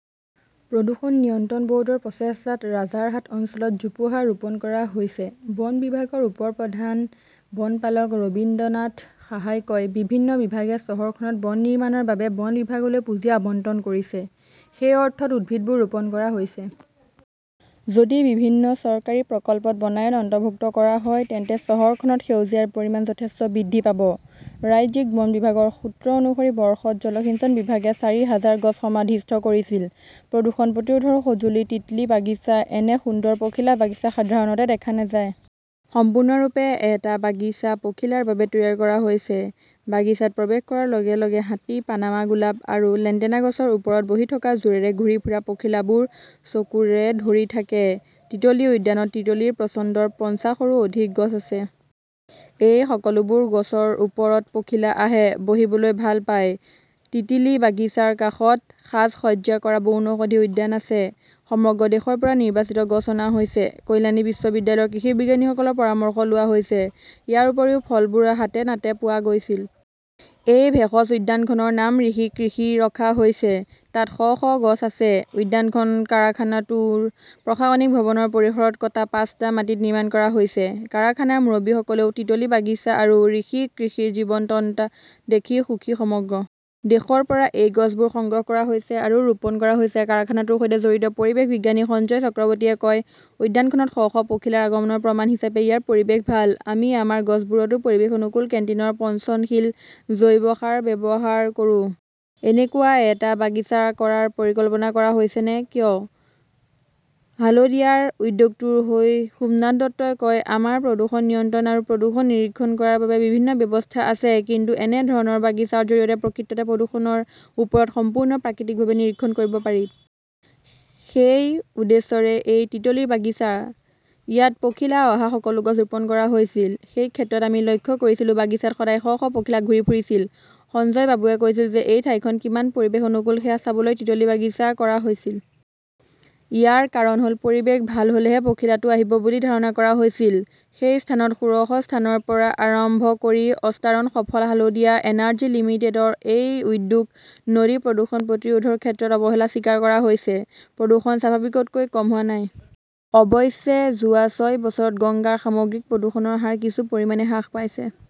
প্ৰদূষণ নিয়ন্ত্ৰণ বৰ্ডৰ প্ৰচেষ্টাত ৰাজাৰহাট অঞ্চলত জোপোহা ৰোপণ কৰা হৈছে। বন বিভাগৰ উপ-প্ৰধান বনপালক ৰবীন্দ্ৰনাথ সাহাই কয়, বিভিন্ন বিভাগে চহৰখনত বন নিৰ্মাণৰ বাবে বন বিভাগলৈ পুঁজি আবণ্টন কৰিছে। সেই অৰ্থত উদ্ভিদবোৰ ৰোপণ কৰা হৈছে। যদি বিভিন্ন চৰকাৰী প্ৰকল্পত বনায়ন অন্তৰ্ভুক্ত কৰা হয়, তেন্তে চহৰখনত সেউজীয়াৰ পৰিমাণ যথেষ্ট বৃদ্ধি পাব। ৰাজ্যিক বন বিভাগৰ সূত্ৰ অনুসৰি, বৰ্ষত জলসিঞ্চন বিভাগে চাৰি হাজাৰ গছ সমাধিস্থ কৰিছিল। প্ৰদূষণ প্ৰতিৰোধৰ সঁজুলি 'তিতলী বাগিচা এনে সুন্দৰ পখিলা বাগিচা সাধাৰণতে দেখা নাযায়। সম্পূৰ্ণৰূপে এটা বাগিচা পখিলাৰ বাবে তৈয়াৰ কৰা হৈছে। বাগিচাত প্ৰৱেশ কৰাৰ লগে লগে হাতী, পানামা গোলাপ আৰু লেণ্টেনা গছৰ ওপৰত বহি থকা জোৰেৰে ঘূৰি ফুৰা পখিলাবোৰ চকুৰে ধৰি থাকে। তিতলী উদ্যানত তিতলীৰ পচন্দৰ পঞ্চাশৰো অধিক গছ আছে। এই সকলোবোৰ গছৰ ওপৰত পখিলা আহে, বহিবলৈ ভাল পায়। তিতিলি বাগিচাৰ কাষত সাজ-সজ্জা কৰা বনৌষধি উদ্যান আছে। সমগ্ৰ দেশৰ পৰা নিৰ্বাচিত গছ অনা হৈছে। কল্যাণী বিশ্ববিদ্যালয়ৰ কৃষি বিজ্ঞানীসকলৰ পৰামৰ্শ লোৱা হৈছে। ইয়াৰ উপৰিও ফলবোৰ হাতেনাতে পোৱা গৈছিল। এই ভেষজ উদ্যানখনৰ নাম ঋষি কৃষি ৰখা হৈছে। তাত শ শ গছ আছে। উদ্যানখন কাৰখানাটোৰ প্ৰশাসনিক ভৱনৰ পৰিসৰত কটা পাঁচটা মাটিত নিৰ্মাণ কৰা হৈছে। কাৰখানাৰ মুৰব্বীসকলেও তিতলী বাগিচা আৰু ঋষি কৃষিৰ জীৱন্ততা দেখি সুখী। সমগ্ৰ দেশৰ পৰা এই গছবোৰ সংগ্ৰহ কৰা হৈছে আৰু ৰোপণ কৰা হৈছে, কাৰখানাটোৰ সৈতে জড়িত পৰিৱেশ বিজ্ঞানী সঞ্জয় চক্ৰৱৰ্তীয়ে কয়। উদ্যানখনত শ শ পখিলাৰ আগমনৰ প্ৰমাণ হিচাপে ইয়াৰ পৰিৱেশ ভাল। আমি আমাৰ গছবোৰতো পৰিৱেশ অনুকূল কেণ্টিনৰ পচনশীল জৈৱ সাৰ ব্যৱহাৰ কৰো। এনেকুৱা এটা বাগিচা কৰাৰ পৰিকল্পনা কৰা হৈছে নে কিয়? হালদিয়াৰ উদ্যোগটোৰ হৈ সোমনাথ দত্তই কয়, আমাৰ প্ৰদূষণ নিয়ন্ত্ৰণ আৰু প্ৰদূষণ নিৰীক্ষণ কৰাৰ বাবে বিভিন্ন ব্যৱস্থা আছে। কিন্তু এনে ধৰণৰ বাগিচাৰ জৰিয়তে প্ৰকৃততে প্ৰদূষণৰ ওপৰত সম্পূৰ্ণ প্ৰাকৃতিকভাৱে নিৰীক্ষণ কৰিব পাৰি। সেই উদ্দেশ্যৰে এই তিতলীৰ বাগিচা। ইয়াত পখিলা অহা সকলো গছ ৰোপণ কৰা হৈছিল। সেই ক্ষেত্ৰত আমি লক্ষ্য কৰিছিলো, বাগিচাত সদায় শ শ পখিলা ঘূৰি ফুৰিছিল। সঞ্জয় বাবুৱে কৈছিল যে এই ঠাইখন কিমান পৰিৱেশ অনুকূল সেয়া চাবলৈ তিতলী বাগিচা কৰা হৈছিল। ইয়াৰ কাৰণ হল পৰিৱেশ ভাল হলেহে পখিলাটো আহিব বুলি ধাৰণা কৰা হৈছিল। সেই স্থানত ষোড়শ স্থানৰ পৰা আৰম্ভ কৰি অষ্টৰাণ সফল হালদিয়া এনাৰ্জি লিমিটেডৰ এই উদ্যোগ। নদী প্ৰদূষণ প্ৰতিৰোধৰ ক্ষেত্ৰত অৱহেলা স্বীকাৰ কৰা হৈছে প্ৰদূষণ স্বাভাৱিকতকৈ কম হোৱা নাই। অৱশ্যে, যোৱা ছয় বছৰত গংগাৰ সামগ্ৰিক প্ৰদূষণৰ হাৰ কিছু পৰিমাণে হ্ৰাস পাইছে।